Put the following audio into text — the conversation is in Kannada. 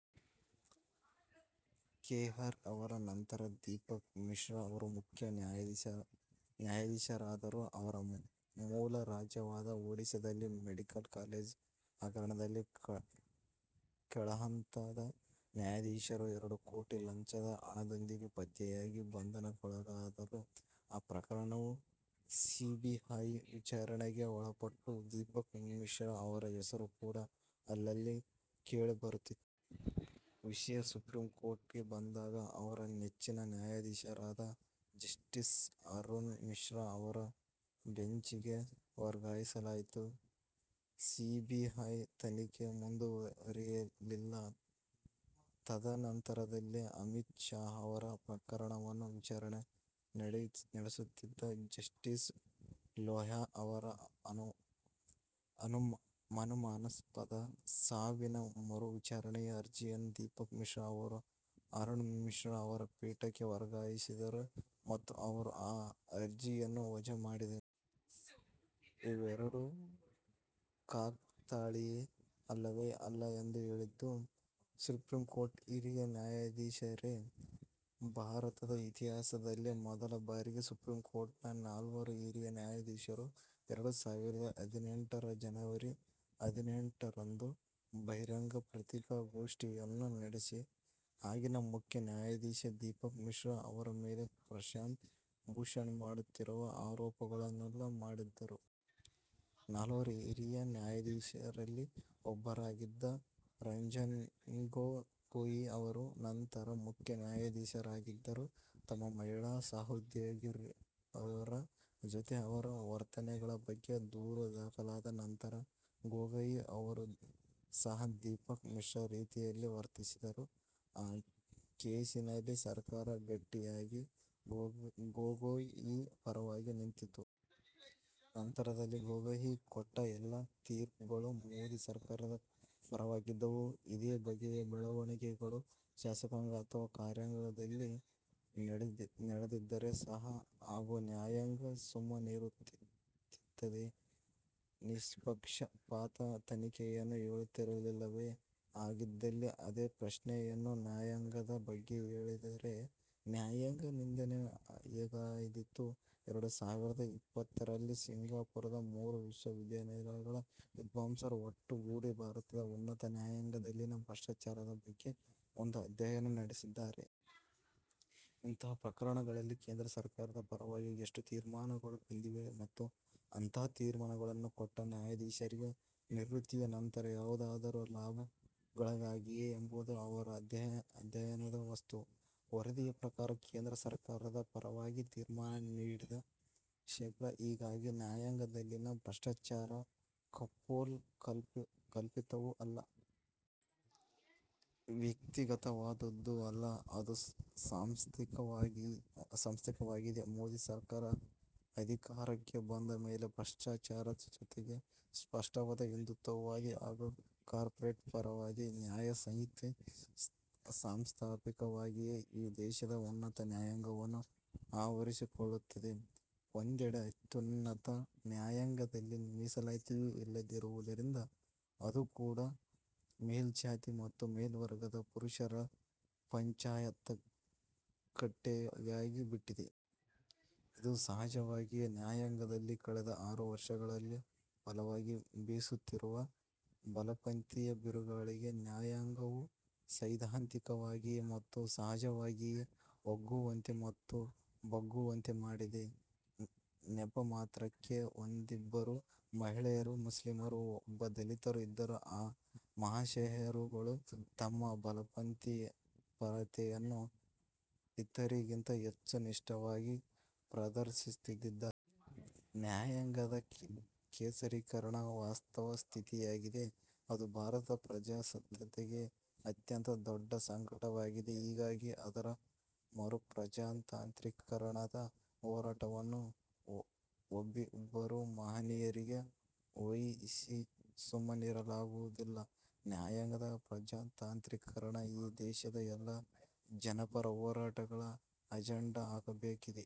ಖೇಹರ್ ಅವರ ನಂತರ ದೀಪಕ್ ಮಿಶ್ರಾ ಅವರು ಮುಖ್ಯ ನ್ಯಾಯಾಧೀಶರಾದರು. ಅವರ ಮೂಲ ರಾಜ್ಯವಾದ ಒಡಿಶಾದಲ್ಲಿ ಮೆಡಿಕಲ್ ಕಾಲೇಜು ಹಗರಣದಲ್ಲಿ ಕೆಳಹಂತದ ನ್ಯಾಯಾಧೀಶರು ಎರಡು ಕೋಟಿ ಲಂಚದ ಹಣದೊಂದಿಗೆ ಪತ್ತೆಯಾಗಿ ಬಂಧನಕ್ಕೊಳಗಾದರು. ಆ ಪ್ರಕರಣವೂ ಸಿಬಿಐ ವಿಚಾರಣೆಗೆ ಒಳಪಟ್ಟು ದೀಪಕ್ ಮಿಶ್ರಾ ಅವರ ಹೆಸರು ಕೂಡಾ ಅಲ್ಲಲ್ಲಿ ಕೇಳಿಬರುತ್ತಿತ್ತು. ವಿಷಯ ಸುಪ್ರೀಂಕೋರ್ಟ್ಗೆ ಬಂದಾಗ ಅವರ ನೆಚ್ಚಿನ ನ್ಯಾಯಾಧೀಶರಾದ ಜಸ್ಟೀಸ್ ಅರುಣ್ ಮಿಶ್ರಾ ಅವರ ಬೆಂಚಿಗೇ ವರ್ಗಾಯಿಸಲಾಯಿತು. ಸಿಬಿಐ ತನಿಖೆ ಮುಂದುವರಿಯಲಿಲ್ಲ. ತದ ನಂತರದಲ್ಲೇ ಅಮಿತ್ ಶಾ ಅವರ ಪ್ರಕರಣವನ್ನು ವಿಚಾರಣೆ ನಡೆಸುತ್ತಿದ್ದ ಜಸ್ಟೀಸ್ ಲೋಯಾ ಅವರ ಅನುಮಾನಾಸ್ಪದ ಸಾವಿನ ಮರು ವಿಚಾರಣೆಯ ಅರ್ಜಿಯನ್ನು ದೀಪಕ್ ಮಿಶ್ರಾ ಅವರು ಅರುಣ್ ಮಿಶ್ರಾ ಅವರ ಪೀಠಕ್ಕೆ ವರ್ಗಾಯಿಸಿದರು ಮತ್ತು ಅವರು ಆ ಅರ್ಜಿಯನ್ನು ವಜಾ ಮಾಡಿದರು. ಇವೆರಡೂ ಕಾಕತಾಳಿಯವೇ? ಅಲ್ಲವೇ ಅಲ್ಲ ಎಂದು ಹೇಳಿದ್ದು ಸುಪ್ರೀಂಕೋರ್ಟ್ನ ಹಿರಿಯ ನ್ಯಾಯಾಧೀಶರೇ.. ಭಾರತದ ಇತಿಹಾಸದಲ್ಲೇ ಮೊದಲ ಬಾರಿಗೆ ಸುಪ್ರೀಂಕೋರ್ಟ್ ನ ನಾಲ್ವರು ಹಿರಿಯ ನ್ಯಾಯಾಧೀಶರು ಎರಡು ಸಾವಿರದ ಹದಿನೆಂಟರ ಜನವರಿ ಹದಿನೆಂಟರಂದು ಬಹಿರಂಗ ಪತ್ರಿಕಾಗೋಷ್ಟಿಯನ್ನು ನಡೆಸಿ ಆಗಿನ ಮುಖ್ಯ ನ್ಯಾಯಾಧೀಶ ದೀಪಕ್ ಮಿಶ್ರಾ ಅವರ ಮೇಲೆ ಪ್ರಶಾಂತ್ ಭೂಷಣ್ ಮಾಡುತ್ತಿರುವ ಆರೋಪಗಳನ್ನೆಲ್ಲಾ ಮಾಡಿದ್ದರು. ನಾಲ್ವರು ಹಿರಿಯ ನ್ಯಾಯಾಧೀಶರಲ್ಲಿ ಒಬ್ಬರಾಗಿದ್ದ ರಂಜನ್ಗೊಗೋಯಿ ಅವರು ನಂತರ ಮುಖ್ಯ ನ್ಯಾಯಾಧೀಶರಾಗಿದ್ದರು. ತಮ್ಮ ಮಹಿಳಾ ಸಹೋದ್ಯೋಗಿಯೋರ್ವರ ಜೊತೆ ಅವರ ವರ್ತನೆಗಳ ಬಗ್ಗೆ ದೂರು ದಾಖಲಾದ ನಂತರ ಗೊಗೋಯಿ ಅವರೂ ಸಹ ದೀಪಕ್ ಮಿಶ್ರಾ ರೀತಿಯಲ್ಲೇ ವರ್ತಿಸಿದರು. ಆ ಕೇಸಿನಲ್ಲಿ ಸರಕಾರ ಗಟ್ಟಿಯಾಗಿ ಗೊಗೋಯಿ ಪರವಾಗಿ ನಿಂತಿತು. ನಂತರದಲ್ಲಿ ಗೊಗೋಯಿ ಕೊಟ್ಟ ಎಲ್ಲ ತೀರ್ಪುಗಳೂ ಮೋದಿ ಸರಕಾರದ ಪರವಾಗಿದ್ದವು. ಇದೇ ಬಗೆಯ ಬೆಳವಣಿಗೆಗಳು ಶಾಸಕಾಂಗ ಅಥವಾ ಕಾರ್ಯಾಂಗದಲ್ಲಿ ನಡೆದಿದ್ದರೆ ಸಮಾಜ ಹಾಗೂ ನ್ಯಾಯಾಂಗ ಸುಮ್ಮನಿರುತ್ತಿತ್ತೇ? ನಿಷ್ಪಕ್ಷಪಾತ ತನಿಖೆಯನ್ನು ಕೇಳುತ್ತಿರಲಿಲ್ಲವೇ? ಹಾಗಿದ್ದಲ್ಲಿ ಅದೇ ಪ್ರಶ್ನೆಯನ್ನು ನ್ಯಾಯಾಂಗದ ಬಗ್ಗೆ ಕೇಳಿದರೆ ನ್ಯಾಯಾಂಗ ನಿಂದನೆ ಹೇಗಾದೀತು? ಎರಡು ಸಾವಿರದ ಇಪ್ಪತ್ತರಲ್ಲಿ ಸಿಂಗಾಪೂರದ ಮೂರು ವಿಶ್ವವಿದ್ಯಾನಿಲಯಗಳ ವಿದ್ವಾಂಸರು ಒಟ್ಟುಗೂಡಿ ಭಾರತದ ಉನ್ನತ ನ್ಯಾಯಾಂಗದಲ್ಲಿನ ಭ್ರಷ್ಟಾಚಾರದ ಬಗ್ಗೆ ಒಂದು ಅಧ್ಯಯನ ನಡೆಸಿದ್ದಾರೆ. ಇಂತಹ ಪ್ರಕರಣಗಳಲ್ಲಿ ಕೇಂದ್ರ ಸರಕಾರದ ಪರವಾಗಿ ಎಷ್ಟು ತೀರ್ಮಾನಗಳು ಬಂದಿವೆ ಮತ್ತು ಅಂತಹ ತೀರ್ಮಾನಗಳನ್ನು ಕೊಟ್ಟ ನ್ಯಾಯಾಧೀಶರಿಗೆ ನಿವೃತ್ತಿಯ ನಂತರ ಯಾವುದಾದರೂ ಲಾಭಗಳಾಗಿವೆಯೇ ಎಂಬುದು ಅವರ ಅಧ್ಯಯನದ ವಸ್ತು.: ವರದಿಯ ಪ್ರಕಾರ ಕೇಂದ್ರ ಸರಕಾರದ ಪರವಾಗಿ ತೀರ್ಮಾನ ನೀಡಿದ ಶೇ. ಹೀಗಾಗಿ ನ್ಯಾಯಾಂಗದಲ್ಲಿನ ಭ್ರಷ್ಟಾಚಾರ ಕಪೋಲ ಕಲ್ಪಿತವೂ ಅಲ್ಲ. ವ್ಯಕ್ತಿಗತವಾದದ್ದೂ ಅಲ್ಲ. ಅದು ಸಾಂಸ್ಥಿಕವಾಗಿದೆ. ಮೋದಿ ಸರಕಾರ ಅಧಿಕಾರಕ್ಕೆ ಬಂದ ಮೇಲೆ ಭ್ರಷ್ಟಾಚಾರದ ಜೊತೆಗೆ ಸ್ಪಷ್ಟವಾದ ಹಿಂದೂತ್ವವಾದಿ ಹಾಗೂ ಕಾರ್ಪೊರೇಟ್ ಪರವಾದಿ ನ್ಯಾಯ ಸಂಹಿತೆ ಸಾಂಸ್ಥಿಕವಾಗಿಯೇ ಈ ದೇಶದ ಉನ್ನತ ನ್ಯಾಯಾಂಗವನ್ನು ಆವರಿಸಿಕೊಳ್ಳುತ್ತಿದೆ. ಒಂದೆಡೆ ಅತ್ಯುನ್ನತ ನ್ಯಾಯಾಂಗದಲ್ಲಿ ಮೀಸಲಾತಿಯೂ ಇಲ್ಲದಿರುವುದರಿಂದ ಅದೂ ಕೂಡಾ ಮೇಲ್ಜಾತಿ ಮತ್ತು ಮೇಲ್ವರ್ಗದ ಪುರುಷರ ಪಂಚಾಯತ್ಕಟ್ಟೆಯಾಗಿ ಬಿಟ್ಟಿದೆ. ಇದು ಸಹಜವಾಗಿಯೇ ನ್ಯಾಯಾಂಗದಲ್ಲಿ ಕಳೆದ ಆರು ವರ್ಷಗಳಲ್ಲಿ ಬಲವಾಗಿ ಬೀಸುತ್ತಿರುವ ಬಲಪಂಥೀಯ ಬಿರುಗಾಳಿಗೆ ನ್ಯಾಯಾಂಗವು ಸೈದ್ಧಾಂತಿಕವಾಗಿಯೇ ಮತ್ತು ಸಹಜವಾಗಿಯೇ ಒಗ್ಗುವಂತೆ ಮತ್ತು ಬಗ್ಗುವಂತೆ ಮಾಡಿದೆ. ನೆಪಮಾತ್ರಕ್ಕೆ ಒಂದಿಬ್ಬರು ಮಹಿಳೆಯರು, ಮುಸ್ಲಿಮರು, ಒಬ್ಬ ದಲಿತರು ಇದ್ದರೂ ಆ ಮಹಾಶಯರುಗಳು ತಮ್ಮ ಬಲಪಂಥೀಯಪರತೆಯನ್ನು ಇತರಿಗಿಂತ ಹೆಚ್ಚು ನಿಷ್ಟವಾಗಿ ಪ್ರದರ್ಶಿಸುತ್ತಿದ್ದಾರೆ. ನ್ಯಾಯಾಂಗದ ಕೇಸರೀಕರಣ ವಾಸ್ತವ ಸ್ಥಿತಿಯಾಗಿದೆ. ಅದು ಭಾರತದ ಪ್ರಜಾಸತ್ತೆಗೆ ಅತ್ಯಂತ ದೊಡ್ಡ ಕಂಟಕವಾಗಿದೆ. ಹೀಗಾಗಿ ಅದರ ಮರುಪ್ರಜಾತಾಂತ್ರೀಕರಣದ ಹೋರಾಟವನ್ನು ಒಬ್ಬಿಬ್ಬರು ಮಹನೀಯರಿಗೆ ವಹಿಸಿ ಸುಮ್ಮನಿರಲಾಗುವುದಿಲ್ಲ. ನ್ಯಾಯಾಂಗದ ಪ್ರಜಾತಾಂತ್ರೀಕರಣ ಈ ದೇಶದ ಎಲ್ಲಾ ಜನಪರ ಹೋರಾಟಗಳ ಅಜೆಂಡಾ ಆಗಬೇಕಿದೆ.